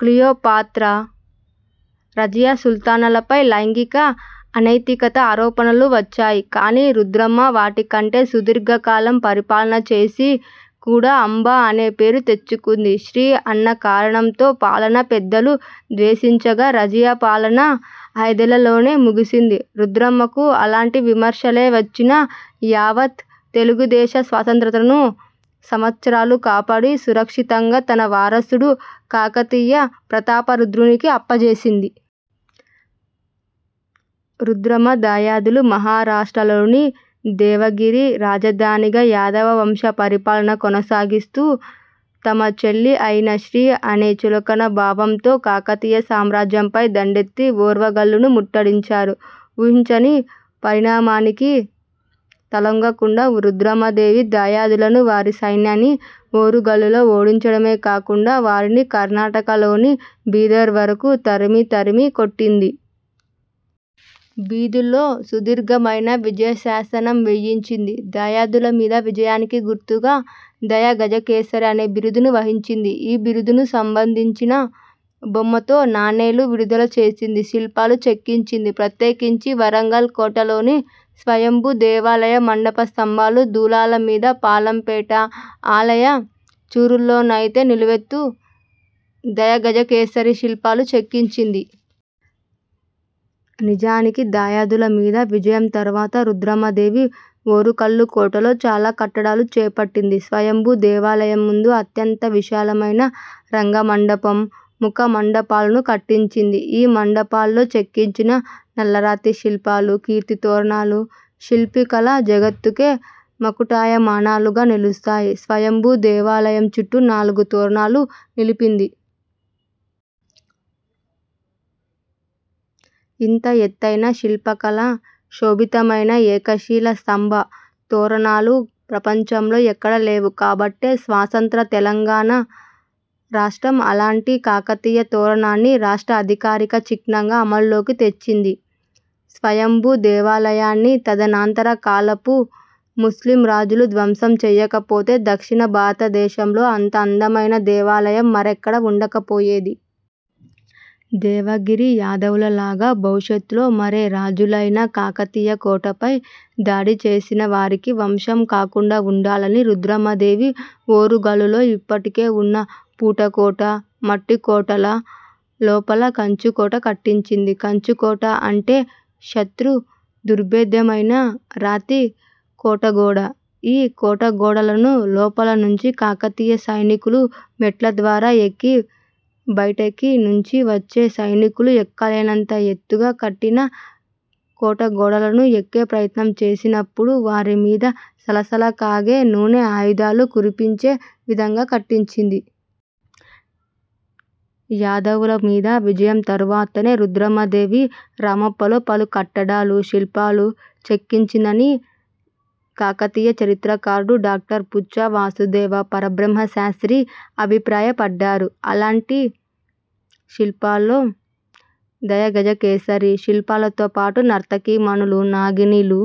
క్లియో పాత్ర, రజియా సుల్తానాలపై లైంగిక అనైతికతా ఆరోపణలు వచ్చాయి. కాని రుద్రమ వాటి కంటె సుదీర్ఘ కాలం పరిపాలన చేసి కూడా 'అంబ' అనే పేరు తెచ్చుకొంది. స్ర్తీ అన్న కారణంతో పాలనా పెద్దలు ద్వేషించగా రజియాపాలన ఐదేళ్ళలోనే ముగిసింది. రుద్రమకు అలాంటి విమర్శలే వచ్చినా యావత్ తెలుగుదేశ స్వతంత్రతను సంవత్సరాలు కాపాడి సురక్షితంగా తనవారసుడు కాకతీయ ప్రతాపరుద్రునికి అప్పజేసింది. రుద్రమ దాయాదులు మహారాష్ట్రలోని దేవగిరి రాజధానిగా యాదవ వంశ పరిపాలన కొనసాగిస్తూ తమ చెల్లి అయినా స్ర్తీ అనే చులకన భావంతో కాకతీయ సామ్రాజ్యంపై దండెత్తి ఓరుగల్లు ను ముట్టడించారు. ఊహించని పరిణామానికి తలొగ్గకుండా రుద్రమదేవి దాయాదులను, వారి సైన్యాన్ని ఓరుగల్లులో ఓడించడమే కాకుండా వారిని కర్ణాటకలోని బీదర్ వరకు తరిమి తరిమి కొట్టింది. బీదర్లో సుదీర్ఘమైన విజయ శాసనం వేయించింది. దాయాదుల మీద విజయానికి గుర్తుగా 'దాయ గజ కేసరి' అనే బిరుదు వహించింది. ఈ బిరుదును సంబంధించిన బొమ్మతో నాణేలు విడుదల చేసింది, శిల్పాలు చెక్కించింది – ప్రత్యేకించి వరంగల్ కోటలోని స్వయంభూ దేవాలయ మంటప స్తంభాలు, దూలాల మీద, పాలంపేట ఆలయ చూరుల్లోనైతే నిలువెత్తు దాయగజకేసరి శిల్పాలు చెక్కించింది. నిజానికి దాయాదుల మీద విజయం తరువాత రుద్రమదేవి ఓరుగల్లు కోటలో చాలా కట్టడాలు చేపట్టింది. స్వయంభూ దేవాలయం ముందు అత్యంత విశాలమైన రంగ మంటపం, ముఖ మంటపాలను కట్టించింది. ఈ మంటపాల్లో చెక్కించిన నల్లరాతి శిల్పాలు, కీర్తితోరణాలు శిల్పకళా జగత్తుకే మకుటాయమానాలుగా నిలుస్తాయి. స్వయంభూ దేవాలయం చుట్టూ నాలుగు తోరణాల నిలిపింది. ఇంత ఎత్తైన శిల్పకళా శోభితమైన ఏకశిలా స్తంభ తోరణాలు ప్రపంచంలో ఎక్కడా లేవు. కాబట్టే స్వతంత్ర తెలంగాణ రాష్ట్రం అలాంటి కాకతీయ తోరణాన్ని రాష్ట్ర అధికారిక చిహ్నంగా అమలులోకి తెచ్చింది. స్వయంభూ దేవాలయాన్ని తదనంతర కాలపు ముస్లిం రాజులు ధ్వంసం చేయకపోతే దక్షిణ భారతదేశంలో అంత అందమైన దేవాలయం మరెక్కడా ఉండకపోయేది. దేవగిరి యాదవులలాగా భవిష్యత్తులో మరే రాజులైనా కాకతీయ కోటపై దాడి చేసినా వారికి వశం కాకుండా ఉండాలని రుద్రమ దేవి ఓరుగల్లులో అప్పటికే ఉన్న పుట్టకోట, మట్టికోటల లోపల 'కంచుకోట' కట్టించింది. కంచుకోట అంటే శత్రు దుర్భేద్యమైన రాతి కోటగోడ. ఈ కోటగోడలను లోపల నుండి కాకతీయ సైనికులు మెట్ల ద్వారా ఎక్కి బయటి నుంచి వచ్చే సైనికులు ఎక్కలేనంత ఎత్తుగా కట్టిన కోటగోడలను ఎక్కే ప్రయత్నం చేస్తున్నప్పుడు వారి మీద సలసల కాగే నూనె, ఆయుధాలు కురిపించే విధంగా కట్టించింది. యాదవుల మీద విజయం తరువాతనే రుద్రమదేవి రామప్పలో పలు కట్టడాలు, శిల్పాలు చెక్కించిందని కాకతీయ చరిత్రకారుడు డాక్టర్ పుచ్ఛా వాసుదేవ పరబ్రహ్మ శాస్ర్తి అభిప్రాయపడ్డారు. అలాంటి శిల్పాల్లో దాయగజకేసరి శిల్పాలతోపాటు నర్తకీమణులు, నాగినులు,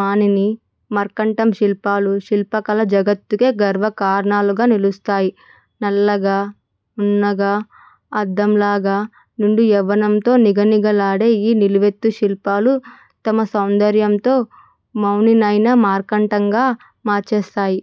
మానిని – మర్కటం శిల్పాలు శిల్పకళా జగత్తుకే గర్వకారణాలుగా నిలుస్తాయి. నల్లగా, నున్నగా, అద్దంలాగా నిండు యవ్వనంతో నిగనిగలాడే ఈ నిలువెత్తు శిల్పాలు తమ సౌందర్యంతో మౌనినైనా మర్కటంగా మార్చేస్తాయి.